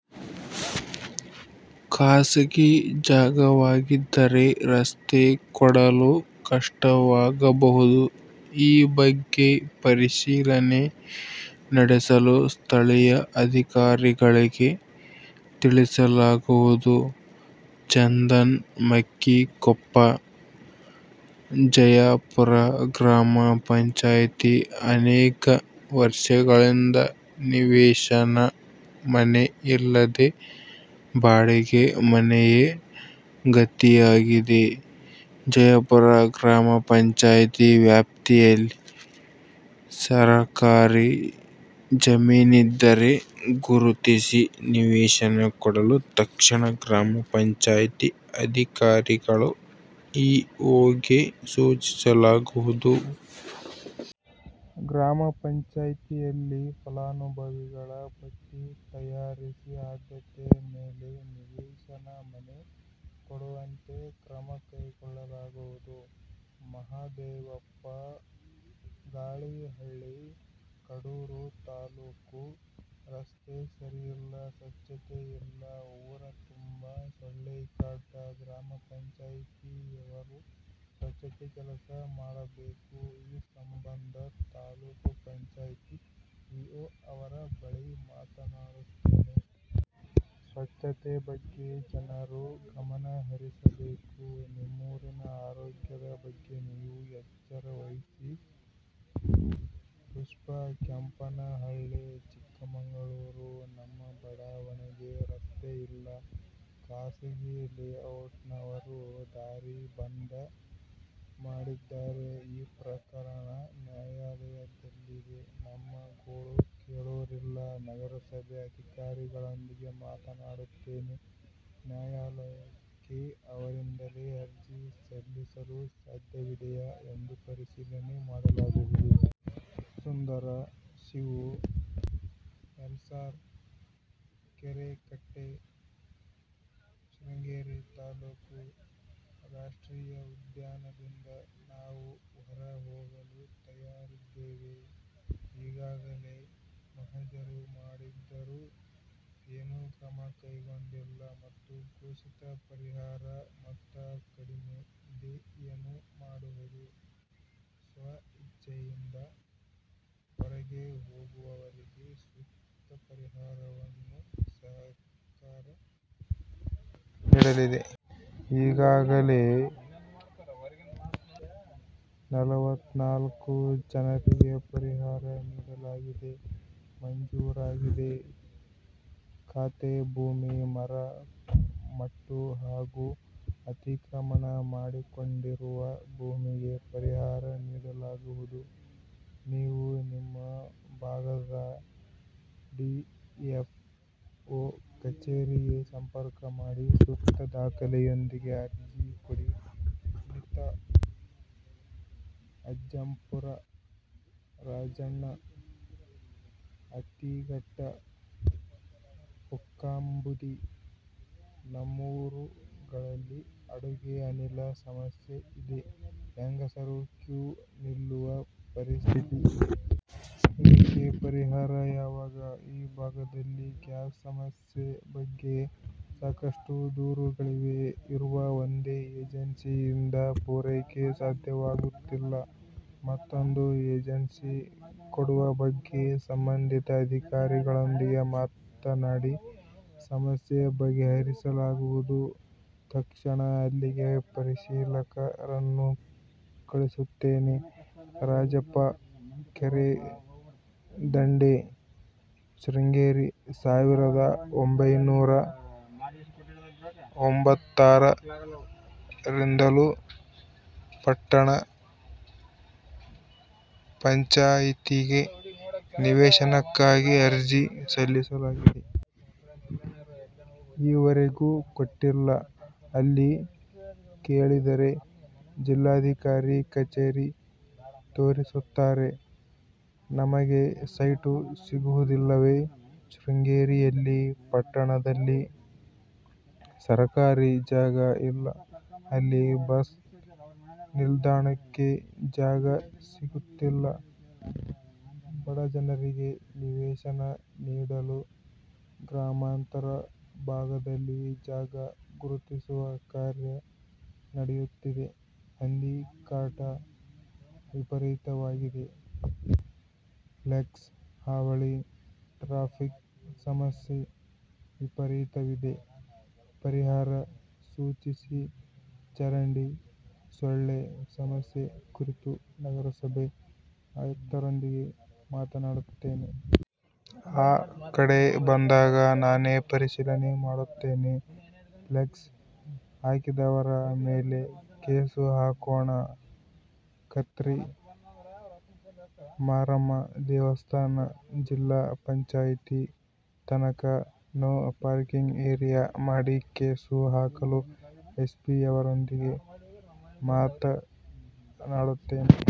ಖಾಸಗಿ ಜಾಗವಾಗಿದ್ದರೆ ರಸ್ತೆ ಕೊಡಲು ಕಷ್ಟವಾಗಬಹುದು. ಈ ಬಗ್ಗೆ ಪರಿಶೀಲನೆ ನಡೆಸಲು ಸ್ಥಳೀಯ ಅಧಿಕಾರಿಗಳಿಗೆ ತಿಳಿಸಲಾಗುವುದು. ಚಂದನ್, ಮಕ್ಕಿಕೊಪ್ಪ, ಜಯಪುರ ಗ್ರಾಮ ಪಂಚಾಯ್ತಿ ಅನೇಕ ವರ್ಷಗಳಿಂದ ನಿವೇಶನ, ಮನೆ ಇಲ್ಲದೆ ಬಾಡಿಗೆ ಮನೆಯೇ ಗತಿಯಾಗಿದೆ. ಜಯಪುರ ಗ್ರಾಮ ಪಂಚಾಯ್ತಿ ವ್ಯಾಪ್ತಿಯಲ್ಲಿ ಸರಕಾರಿ ಜಮೀನಿದ್ದರೆ ಗುರುತಿಸಿ ನಿವೇಶನ ಕೊಡಲು ತಕ್ಷಣ ಗ್ರಾಮ ಪಂಚಾಯ್ತಿ ಅಧಿಕಾರಿಗಳು, ಇಒಗೆ ಸೂಚಿಸಲಾಗುವುದು. ಗ್ರಾಮ ಪಂಚಾಯ್ತಿಯಲ್ಲಿ ಫಲಾನುಭವಿಗಳ ಪಟ್ಟಿ ತಯಾರಿಸಿ ಆದ್ಯತೆ ಮೇಲೆ ನಿವೇಶನ, ಮನೆ ಕೊಡುವಂತೆ ಕ್ರಮ ಕೈಗೊಳ್ಳಲಾಗುವುದು. ಮಹಾದೇವಪ್ಪ, ಗಾಳಿಹಳ್ಳಿ, ಕಡೂರು ತಾಲ್ಲೂಕು ರಸ್ತೆ ಸರಿಯಿಲ್ಲ, ಸ್ವಚ್ಛತೆ ಇಲ್ಲ, ಊರ ತುಂಬಾ ಸೊಳ್ಳೆಕಾಟ. ಗ್ರಾಮ ಪಂಚಾಯ್ತಿಯವರು ಸ್ವಚ್ಛತೆ ಕೆಲಸ ಮಾಡಬೇಕು. ಈ ಸಂಬಂಧ ತಾಲ್ಲೂಕು ಪಂಚಾಯ್ತಿ ಇಒ ಅವರ ಬಳಿ ಮಾತನಾಡುತ್ತೇನೆ. ಸ್ವಚ್ಛತೆ ಬಗ್ಗೆ ಜನರೂ ಗಮನ ಹರಿಸಬೇಕು. ನಿಮ್ಮೂರಿನ ಆರೋಗ್ಯದ ಬಗ್ಗೆ ನೀವೂ ಎಚ್ಚರವಹಿಸಿ. ಪುಷ್ಪಾ, ಕೆಂಪನಹಳ್ಳಿ, ಚಿಕ್ಕಮಗಳೂರು ನಮ್ಮ ಬಡಾವಣೆಗೆ ರಸ್ತೆ ಇಲ್ಲ, ಖಾಸಗಿ ಲೇಔಟ್ನವರು ದಾರಿ ಬಂದ್ ಮಾಡಿದ್ದಾರೆ. ಈ ಪ್ರಕರಣ ನ್ಯಾಯಾಲಯದಲ್ಲಿದೆ ನಮ್ಮ ಗೋಳು ಕೇಳೋರಿಲ್ಲ. ನಗರಸಭೆ ಅಧಿಕಾರಿಗಳೊಂದಿಗೆ ಮಾತನಾಡುತ್ತೇನೆ. ನ್ಯಾಯಾಲಯಕ್ಕೆ ಅವರಿಂದಲೇ ಅರ್ಜಿ ಸಲ್ಲಿಸಲು ಸಾಧ್ಯವಿದೆಯಾ ಎಂದು ಪರಿಶೀಲನೆ ಮಾಡಲಾಗುವುದು. ಸುಂದರ, ಶಿವು, ಎಲ್ಸಾರ್, ಕೆರೆಕಟ್ಟೆ, ಶೃಂಗೇರಿ ತಾಲ್ಲೂಕು. ರಾಷ್ಟ್ರೀಯ ಉದ್ಯಾನದಿಂದ ನಾವು ಹೊರ ಹೋಗಲು ತಯಾರಿದ್ದೇವೆ. ಈಗಾಗಲೇ ಮಹಜರು ಮಾಡಿದ್ದರೂ ಏನೂ ಕ್ರಮ ಕೈಗೊಂಡಿಲ್ಲ ಮತ್ತು ಘೋಷಿತ ಪರಿಹಾರ ಮೊತ್ತ ಕಡಿಮೆ ಇದೆ ಏನು ಮಾಡುವುದು? ಸ್ವ ಇಚ್ಛೆಯಿಂದ ಹೊರಗೆ ಹೋಗುವವರಿಗೆ ಸೂಕ್ತ ಪರಿಹಾರವನ್ನು ಸರಕಾರ ನೀಡಲಿದೆ. ಈಗಾಗಲೇ ನಲವತ್ನಾಲ್ಕು ಜನರಿಗೆ ಪರಿಹಾರ ನೀಡಲಾಗಿದೆ. ಮಂಜೂರಾಗಿದೆ. ಖಾತೆ ಭೂಮಿ, ಮರ ಮಟ್ಟು ಹಾಗೂ ಅತಿಕ್ರಮಣ ಮಾಡಿಕೊಂಡಿರುವ ಭೂಮಿಗೂ ಪರಿಹಾರ ನೀಡಲಾಗುವುದು. ನೀವು ನಿಮ್ಮ ಭಾಗದ ಡಿಎಫ್ಒ ಕಚೇರಿಗೆ ಸಂಪರ್ಕ ಮಾಡಿ ಸೂಕ್ತ ದಾಖಲೆಯೊಂದಿಗೆ ಅರ್ಜಿ ಕೊಡಿ. ಸುನೀತಾ, ಅಜ್ಜಂಪುರ. ರಾಜಣ್ಣ, ಅತ್ತಿಘಟ್ಟ, ಬುಕ್ಕಾಂಬುಧಿ ನಮ್ಮೂರುಗಳಲ್ಲಿ ಅಡುಗೆ ಅನಿಲ ಸಮಸ್ಯೆಯಿದೆ, ಹೆಂಗಸರು ಕ್ಯೂ ನಿಲ್ಲುವ ಪರಿಸ್ಥಿತಿ ಇದೆ. ಇದಕ್ಕೆ ಪರಿಹಾರ ಯಾವಾಗ, ಈ ಭಾಗದಲ್ಲಿ ಗ್ಯಾಸ್ ಸಮಸ್ಯೆ ಬಗ್ಗೆ ಸಾಕಷ್ಟು ದೂರುಗಳಿವೆ. ಇರುವ ಒಂದೇ ಏಜೆನ್ಸಿಯಿಂದ ಪೂರೈಕೆ ಸಾಧ್ಯವಾಗುತ್ತಿಲ್ಲ. ಮತ್ತೊಂದು ಏಜೆನ್ಸಿ ಕೊಡುವ ಬಗ್ಗೆ ಸಂಬಂಧಿತ ಅಧಿಕಾರಿಗಳೊಂದಿಗೆ ಮಾತನಾಡಿ ಸಮಸ್ಯೆ ಬಗೆಹರಿಸಲಾಗುವುದು. ತಕ್ಷಣ ಅಲ್ಲಿಗೆ ಪರಿಶೀಲಕರನ್ನು ಕಳಿಸುತ್ತೇನೆ. ರಾಜಪ್ಪ, ಕೆರೆ ದಂಡೆ, ಶೃಂಗೇರಿ ಸಾವಿರದ ಒಂಭೈನೂರ ತೊಂಬತ್ತಾರರಿಂದಲೂ ಪಟ್ಟಣ ಪಂಚಾಯಿತಿಗೆ ನಿವೇಶನಕ್ಕಾಗಿ ಅರ್ಜಿ ಸಲ್ಲಿಸಲಾಗಿದೆ. ಈವರೆಗೂ ಕೊಟ್ಟಿಲ್ಲ. ಅಲ್ಲಿ ಕೇಳಿದರೆ ಜಿಲ್ಲಾಧಿಕಾರಿ ಕಚೇರಿ ತೋರಿಸುತ್ತಾರೆ, ನಮಗೆ ಸೈಟು ಸಿಗುವುದಿಲ್ಲವೆ? ಶೃಂಗೇರಿಯಲ್ಲಿ ಪಟ್ಟಣದಲ್ಲಿ ಸರಕಾರಿ ಜಾಗ ಇಲ್ಲ. ಅಲ್ಲಿ ಬಸ್ ನಿಲ್ದಾಣಕ್ಕೇ ಜಾಗ ಸಿಗುತ್ತಿಲ್ಲ. ಬಡಜನರಿಗೆ ನಿವೇಶನ ನೀಡಲು ಗ್ರಾಮಾಂತರ ಭಾಗದಲ್ಲಿ ಜಾಗ ಗುರುತಿಸುವ ಕಾರ್ಯ ನಡೆಯುತ್ತಿದೆ. ಹಂದಿ ಕಾಟ ವಿಪರೀತವಾಗಿದೆ. ಫ್ಲೆಕ್ಸ್ ಹಾವಳಿ, ಟ್ರಾಫಿಕ್ ಸಮಸ್ಯೆ ವಿಪರೀತವಿದೆ, ಪರಿಹಾರ ಸೂಚಿಸಿ ಚರಂಡಿ, ಸೊಳ್ಳೆ ಸಮಸ್ಯೆ ಕುರಿತು ನಗರಸಭೆ ಆಯುಕ್ತರೊಂದಿಗೆ ಮಾತನಾಡುತ್ತೇನೆ. ಆ ಕಡೆ ಬಂದಾಗ ನಾನೇ ಪರಿಶೀಲನೆ ಮಾಡುತ್ತೇನೆ. ಫ್ಲೆಕ್ಸ್ ಹಾಕಿದವರ ಮೇಲೆ ಕೇಸು ಹಾಕೋಣ. ಕತ್ರಿ ಮಾರಮ್ಮ ದೇವಸ್ಥಾನ, ಜಿಲ್ಲಾ ಪಂಚಾಯಿತಿ ತನಕ ನೋ ಪಾರ್ಕಿಂಗ್ ಏರಿಯಾ ಮಾಡಿ ಕೇಸು ಹಾಕಲು ಎಸ್ಪಿಯವರೊಂದಿಗೆ ಮಾತನಾಡುತ್ತೇನೆ.